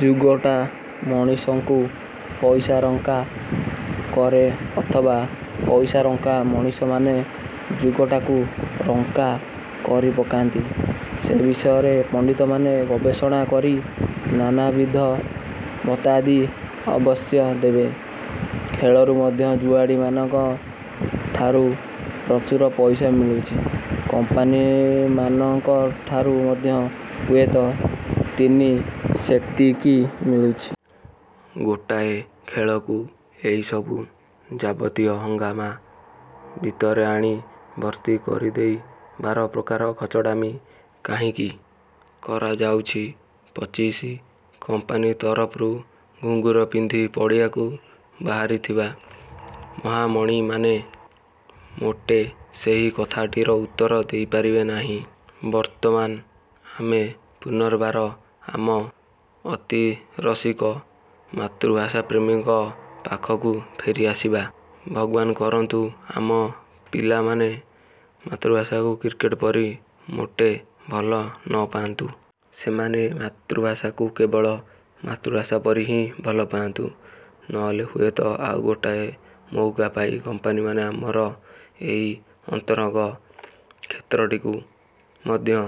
ଯୁଗଟା ମଣିଷଙ୍କୁ ପଇସାରଙ୍କା କରେ ଅଥବା ପଇସାରଙ୍କା ମଣିଷମାନେ ଯୁଗଟାକୁ ରଙ୍କା କରିପକାନ୍ତି, ସେ ବିଷୟରେ ପଣ୍ଡିତମାନେ ଗବେଷଣା କରି ନାନାବିଧ ମତାଦି ଅବଶ୍ୟ ଦେବେ। ଖେଳରୁ ମଧ୍ୟ ଜୁଆଡ଼ିମାନଙ୍କ ଠାରୁ ପ୍ରଚୁର ପଇସା ମିଳୁଛି, କମ୍ପାନୀମାନଙ୍କ ଠାରୁ ମଧ୍ୟ ହୁଏତ ତିନି ସେତିକି ମିଳୁଛି। ଗୋଟାଏ ଖେଳକୁ ଏହିସବୁ ଯାବତୀୟ ହଙ୍ଗାମା ଭିତରେ ଆଣି ଭର୍ତ୍ତି କରିଦେଇ ବାରପ୍ରକାର ଖଚଡ଼ାମି କାହିଁକି ?କରାଯାଉଛି ପଚିଶି କମ୍ପାନୀ ତରଫରୁ ଘୁଙ୍ଗୁର ପିନ୍ଧି ପଡ଼ିଆକୁ ବାହାରିଥିବା ମହାମଣିମାନେ ମୋଟେ ସେହି କଥାଟିର ଉତ୍ତର ଦେଇପାରିବେ ନାହିଁ। ବର୍ତ୍ତମାନ ଆମେ ପୁନର୍ବାର ଆମ ଅତିରସିକ ମାତୃଭାଷାପ୍ରେମୀଙ୍କ ପାଖକୁ ଫେରିଆସିବା, ଭଗବାନ କରନ୍ତୁ ଆମ ପିଲାମାନେ ମାତୃଭାଷାକୁ କ୍ରିକେଟ ପରି ମୋଟେ ଭଲ ନପାଆନ୍ତୁ। ସେମାନେ ମାତୃଭାଷାକୁ କେବଳ ମାତୃଭାଷା ପରି ହିଁ ଭଲପାଆନ୍ତୁ, ନହେଲେ ହୁଏତ ଆଉ ଗୋଟାଏ ମଉକା ପାଇ କମ୍ପାନୀମାନେ ଆମର ଏହି ଅନ୍ତରଙ୍ଗ କ୍ଷେତ୍ରଟିକୁ ମଧ୍ୟ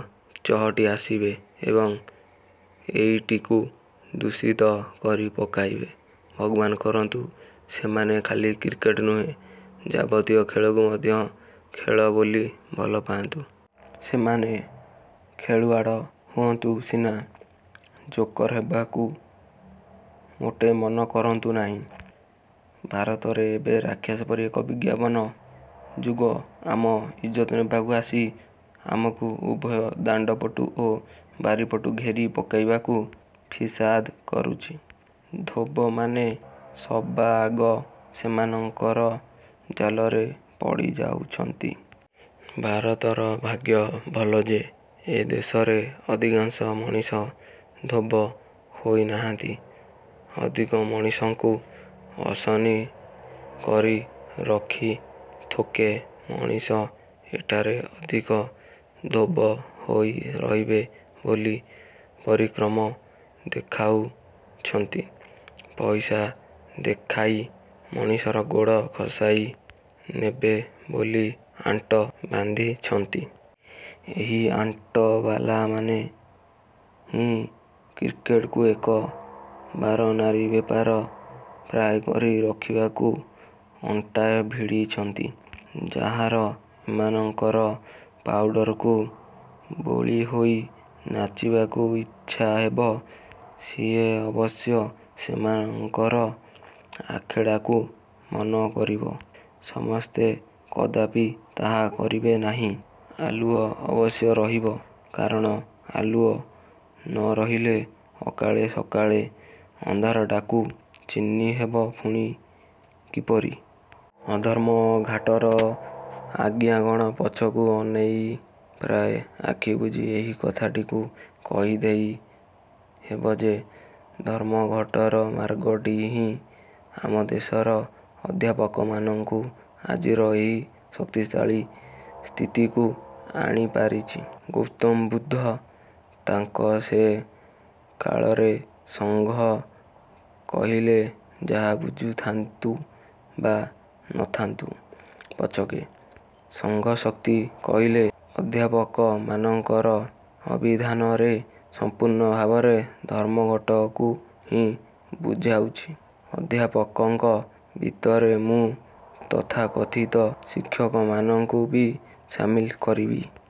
ଚହଟି ଆସିବେ ଏବଂ ଏଇଟିକୁ ଦୂଷିତ କରି ପକାଇବେ। ଭଗବାନ କରନ୍ତୁ ସେମାନେ ଖାଲି କ୍ରିକେଟ ନୁହେଁ ଯାବତୀୟ ଖେଳକୁ ମଧ୍ୟ ଖେଳ ବୋଲି ଭଲପାଆନ୍ତୁ। ସେମାନେ ଖେଳୁଆଡ଼ ହୁଅନ୍ତୁ ସିନା, ଜୋକର ହେବାକୁ ମୋଟେ ମନ କରନ୍ତୁ ନାହିଁ। ଭାରତରେ ଏବେ ରାକ୍ଷସ ପରି ଏକ ବିଜ୍ଞାପନ ଯୁଗ ଆମ ଇଜ୍ଜତ ନେବାକୁ ଆସି ଆମକୁ ଉଭୟ ଦାଣ୍ଡପଟୁ ଓ ବାରିପଟୁ ଘେରି ପକାଇବାକୁ ଫିସାଦ କରୁଛି। ଧୋବମାନେ ସବାଆଗ ସେମାନଙ୍କର ଜାଲରେ ପଡ଼ିଯାଉଛନ୍ତି। ଭାରତର ଭାଗ୍ୟ ଭଲ ଯେ, ଏ ଦେଶରେ ଅଧିକାଂଶ ମଣିଷ ଧୋବ ହୋଇନାହାନ୍ତି। ଅଧିକ ମଣିଷଙ୍କୁ ଅସନୀ କରି ରଖି ଥୋକେ ମଣିଷ ଏଠାରେ ଅଧିକ ଧୋବ ହୋଇ ରହିବେ ବୋଲି ପରାକ୍ରମ ଦେଖାଉଛନ୍ତି। ପଇସା ଦେଖାଇ ମଣିଷର ଗୋଡ଼ ଖସାଇ ନେବେ ବୋଲି ଆଣ୍ଟ ବାନ୍ଧିଛନ୍ତି। ଏହି ଆଣ୍ଟବାଲାମାନେ ହିଁ କ୍ରିକେଟକୁ ଏକ ବାରନାରୀ ବେପାର ପ୍ରାୟ କରି ରଖିବାକୁ ଅଣ୍ଟା ଭିଡ଼ିଛନ୍ତି। ଯାହାର ଏମାନଙ୍କର ପାଉଡ଼ରକୁ ବୋଳିହୋଇ ନାଚିବାକୁ ଇଚ୍ଛା ହେବ, ସିଏ ଅବଶ୍ୟ ସେମାନଙ୍କର ଆଖଡ଼ାକୁ ମନକରିବ। ସମସ୍ତେ କଦାପି ତାହା କରିବେ ନାହିଁ। ଆଲୁଅ ଅବଶ୍ୟ ରହିବ, କାରଣ ଆଲୁଅ ନଥିଲେ ଅକାଳେ ସକାଳେ ଅନ୍ଧାରଟାକୁ ଚିହ୍ନିହେବ ପୁଣି କିପରି? ଅଧର୍ମଘାଟର ଆଜ୍ଞାଗଣ ପଛକୁ ଅନାଇ ପ୍ରାୟ ଆଖି ବୁଜି ଏହି କଥାଟିକୁ କହିଦେଇ ହେବ ଯେ, ଧର୍ମଘଟର ମାର୍ଗଟି ହିଁ ଆମ ଦେଶର ଅଧ୍ୟାପକମାନଙ୍କୁ ଆଜିର ଏହି ଶକ୍ତିଶାଳୀ ସ୍ଥିତିକୁ ଆଣିପାରିଛି। ଗୌତମ ବୁଦ୍ଧ ତାଙ୍କ ସେ କାଳରେ ସଂଘ କହିଲେ ଯାହା ବୁଝିଥାନ୍ତୁ ବା ନଥାନ୍ତୁ ପଛକେ, ସଂଘଶକ୍ତି କହିଲେ ଅଧ୍ୟାପକମାନଙ୍କର ଅଭିଧାନରେ ସମ୍ପୂର୍ଣ୍ଣ ଭାବରେ ଧର୍ମଘଟକୁ ହିଁ ବୁଝାଉଛି। ଅଧ୍ୟାପକଙ୍କ ଭିତରେ ମୁଁ ତଥାକଥିତ ଶିକ୍ଷକମାନଙ୍କୁ ବି ସାମିଲ କରିବି।